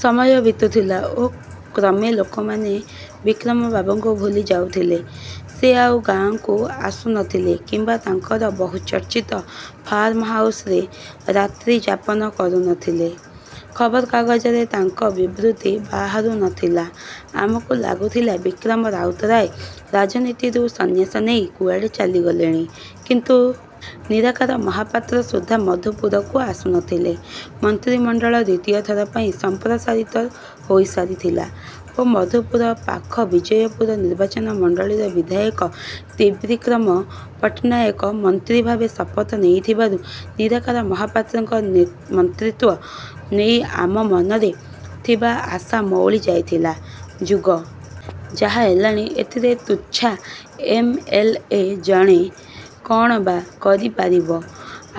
ସମୟ ବିତୁଥିଲା ଓ କ୍ରମେ ଲୋକମାନେ ବିକ୍ରମବାବୁଙ୍କୁ ଭୁଲି ଯାଉଥିଲେ। ସେ ଆଉ ଗାଁକୁ ଆସୁ ନଥିଲେ କିମ୍ବା ତାଙ୍କର ବହୁଚର୍ଚ୍ଚିତ 'ଫାର୍ମହାଉସ୍'ରେ ରାତ୍ରିଯାପନ କରୁ ନଥିଲେ। ଖବରକାଗଜରେ ତାଙ୍କ ବିବୃତି ବାହାରୁ ନଥିଲା। ଆମକୁ ଲାଗୁଥିଲା ବିକ୍ରମ ରାଉତରାୟ ରାଜନୀତିରୁ ସନ୍ନ୍ୟାସ ନେଇ କୁଆଡ଼େ ଚାଲିଗଲେଣି। କିନ୍ତୁ ନିରାକାର ମହାପାତ୍ର ସୁଦ୍ଧା ମଧୁପୁରକୁ ଆସୁ ନଥିଲେ। ମନ୍ତ୍ରୀମଣ୍ଡଳ ଦ୍ୱିତୀୟ ଥର ପାଇଁ ସମ୍ପ୍ରସାରିତ ହୋଇସାରିଥିଲା ଓ ମଧୁପୁର ପାଖ ବିଜୟପୁର ନିର୍ବାଚନ ମଣ୍ଡଳୀର ବିଧାୟକ ତ୍ରିବିକ୍ରମ ପଟ୍ଟନାୟକ ମନ୍ତ୍ରୀ ଭାବେ ଶପଥ ନେଇଥିବାରୁ ନିରାକାର ମହାପାତ୍ରଙ୍କ ମନ୍ତ୍ରୀତ୍ୱ ନେଇ ଆମ ମନରେ ଥିବା ଆଶା ମଉଳି ଯାଇଥିଲା।"ଯୁଗ ଯାହା ହେଲାଣି, ଏଥିରେ ତୁଚ୍ଛା ଏମ୍.ଏଲ୍.ଏ. ଜଣେ କ'ଣ ବା କରି ପାରିବ?"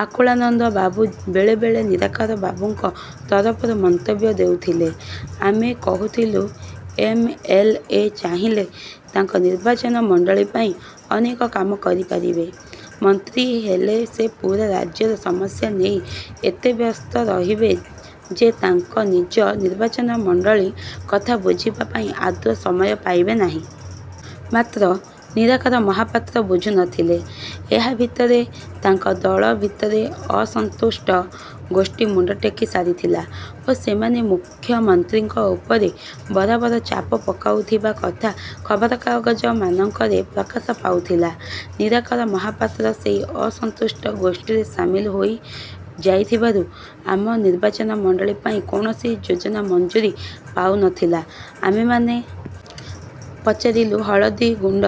ଆକୁଳାନନ୍ଦ ବାବୁ ବେଳେବେଳେ ନିରାକାର ବାବୁଙ୍କ ତରଫରୁ ମନ୍ତବ୍ୟ ଦେଉଥିଲେ। ଆମେ କହୁଥିଲୁ, "ଏମ୍.ଏଲ୍.ଏ. ଚାହିଁଲେ ତାଙ୍କ ନିର୍ବାଚନ ମଣ୍ଡଳୀ ପାଇଁ ଅନେକ କାମ କରି ପାରିବେ। ମନ୍ତ୍ରୀ ହେଲେ ସେ ପୂରା ରାଜ୍ୟର ସମସ୍ୟା ନେଇ ଏତେ ବ୍ୟସ୍ତ ରହିବେ ଯେ ତାଙ୍କ ନିଜ ନିର୍ବାଚନ ମଣ୍ଡଳୀ କଥା ବୁଝିବା ପାଇଁ ଆଦୌ ସମୟ ପାଇବେ ନାହିଁ।" ମାତ୍ର ନିରାକାର ମହାପାତ୍ର ବୁଝୁ ନଥିଲେ। ଏହା ଭିତରେ ତାଙ୍କ ଦଳ ଭିତରେ ଅସନ୍ତୁଷ୍ଟ ଗୋଷ୍ଠୀ ମୁଣ୍ଡ ଟେକି ସାରିଥିଲା ଓ ସେମାନେ ମୁଖ୍ୟମନ୍ତ୍ରୀଙ୍କ ଉପରେ ବରାବର ଚାପ ପକାଉଥିବା କଥା ଖବରକାଗଜମାନଙ୍କରେ ପ୍ରକାଶ ପାଉଥିଲା। ନିରାକାର ମହାପାତ୍ର ସେଇ ଅସନ୍ତୁଷ୍ଟ ଗୋଷ୍ଠୀରେ ସାମିଲ ହୋଇଯାଇଥିବାରୁ ଆମ ନିର୍ବାଚନ ମଣ୍ଡଳୀ ପାଇଁ କୌଣସି ଯୋଜନା ମଞ୍ଜୁରି ପାଉ ନଥିଲା। ଆମେମାନେ ପଚାରିଲୁ, "ହଳଦୀଗୁଣ୍ଡ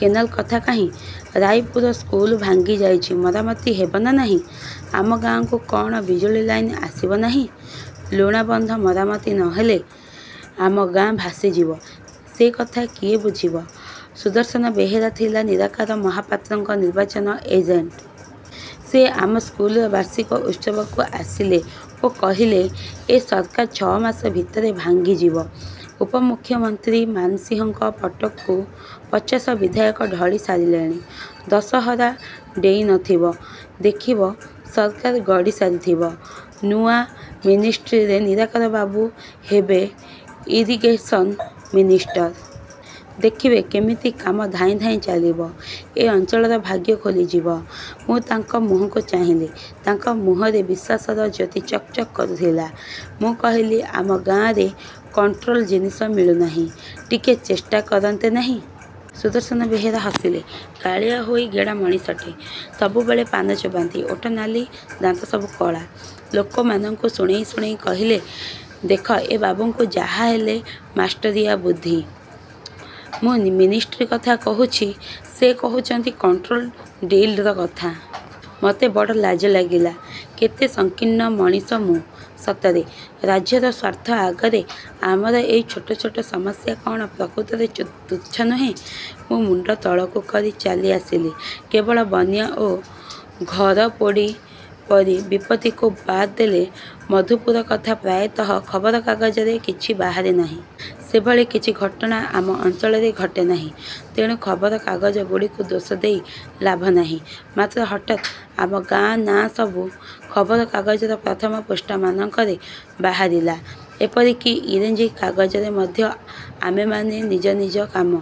କେନାଲ କଥା କାହିଁ?""ରାଇପୁର ସ୍କୁଲ ଭାଙ୍ଗି ଯାଇଛି। ମରାମତି ହେବ ନା ନାହିଁ?""ଆମ ଗାଁକୁ କ'ଣ ବିଜୁଳି ଲାଇନ୍ ଆସିବ ନାହିଁ?" "ଲୁଣାବନ୍ଧ ମରାମତି ନହେଲେ ଆମ ଗାଁ ଭାସି ଯିବ। ସେକଥା କିଏ ବୁଝିବ?"ସୁଦର୍ଶନ ବେହେରା ଥିଲେ ନିରାକାର ମହାପାତ୍ରଙ୍କ ନିର୍ବାଚନ ଏଜେଣ୍ଟ୍। ସେ ଆମ ସ୍କୁଲର ବାର୍ଷିକ ଉତ୍ସବକୁ ଆସିଲେ ଓ କହିଲେ, "ଏ ସରକାର ଛଅ ମାସ ଭିତରେ ଭାଙ୍ଗି ଯିବ। ଉପମୁଖ୍ୟମନ୍ତ୍ରୀ ମାନସିଂହଙ୍କ ପଟକୁ ପଚାଶ ବିଧାୟକ ଢଳି ସାରିଲେଣି। ଦଶହରା ଡେଇଁ ନଥିବ, ଦେଖିବ ସରକାର ଗଡ଼ିସାରିଥିବ। ନୂଆ 'ମିନିଷ୍ଟ୍ରୀ'ରେ ନିରାକାର ବାବୁ ହେବେ ଇରିଗେସନ୍ ମିନିଷ୍ଟର। ଦେଖିବେ, କେମିତି କାମ ଧାଏଁ ଧାଏଁ ଚାଲିବ। ଏ ଅଞ୍ଚଳର ଭାଗ୍ୟ ଖୋଲି ଯିବ।" ମୁଁ ତାଙ୍କ ମୁହଁକୁ ଚାହିଁଲି। ତାଙ୍କ ମୁହଁରେ ବିଶ୍ୱାସର ଜ୍ୟୋତି ଚକ୍ ଚକ୍ କରୁଥିଲା। ମୁଁ କହିଲି, "ଆମ ଗାଁରେ କଣ୍ଟ୍ରୋଲ ଜିନିଷ ମିଳୁନାହିଁ, ଟିକିଏ ଚେଷ୍ଟା କରନ୍ତେ ନାହିଁ?" ସୁଦର୍ଶନ ବେହେରା ହସିଲେ। କାଳିଆ ହୋଇ ଗେଡ଼ା ମଣିଷଟେ। ସବୁବେଳେ ପାନ ଚୋବାନ୍ତି। ଓଠ ନାଲି, ଦାନ୍ତ ସବୁ କଳା। ଲୋକମାନଙ୍କୁ ଶୁଣେଇ ଶୁଣେଇ କହିଲେ, "ଦେଖ ଏ ବାବୁଙ୍କୁ, ଯାହା ହେଲେ ମାଷ୍ଟରିଆ ବୁଦ୍ଧି! ମୁଁ ମିନିଷ୍ଟ୍ରୀ କଥା କହୁଛି, ସେ କହୁଛନ୍ତି କଣ୍ଟ୍ରୋଲ ଡିଲର କଥା!" ମୋତେ ବଡ଼ ଲାଜ ଲାଗିଲା। କେତେ ସଂକୀର୍ଣ୍ଣ ମଣିଷ ମୁଁ ସତରେ! ରାଜ୍ୟର ସ୍ୱାର୍ଥ ଆଗରେ ଆମର ଏଇ ଛୋଟ ଛୋଟ ସମସ୍ୟା କ'ଣ ପ୍ରକୃତରେ ତୁଚ୍ଛ ନୁହେଁ! ମୁଁ ମୁଣ୍ଡ ତଳକୁ କରି ଚାଲି ଆସିଲି। କେବଳ ବନ୍ୟା ଓ ଘରପୋଡ଼ି ପରି ବିପତ୍ତିକୁ ବାଦ୍ ଦେଲେ ମଧୁପୁର କଥା ପ୍ରାୟତଃ ଖବରକାଗଜରେ କିଛି ବାହାରେ ନାହିଁ। ସେଭଳି କିଛି ଘଟଣା ଆମ ଅଞ୍ଚଳରେ ଘଟେ ନାହିଁ, ତେଣୁ ଖବରକାଗଜଗୁଡ଼ିକୁ ଦୋଷ ଦେଇ ଲାଭ ନାହିଁ। ମାତ୍ର ହଠାତ୍ ଆମ ଗାଁ ନାଁ ସବୁ ଖବରକାଗଜର ପ୍ରଥମ ପୃଷ୍ଠାମାନଙ୍କରେ ବାହାରିଲା, ଏପରିକି ଇଂରାଜୀ କାଗଜରେ ମଧ୍ୟ। ଆମେମାନେ ନିଜ ନିଜ କାମ...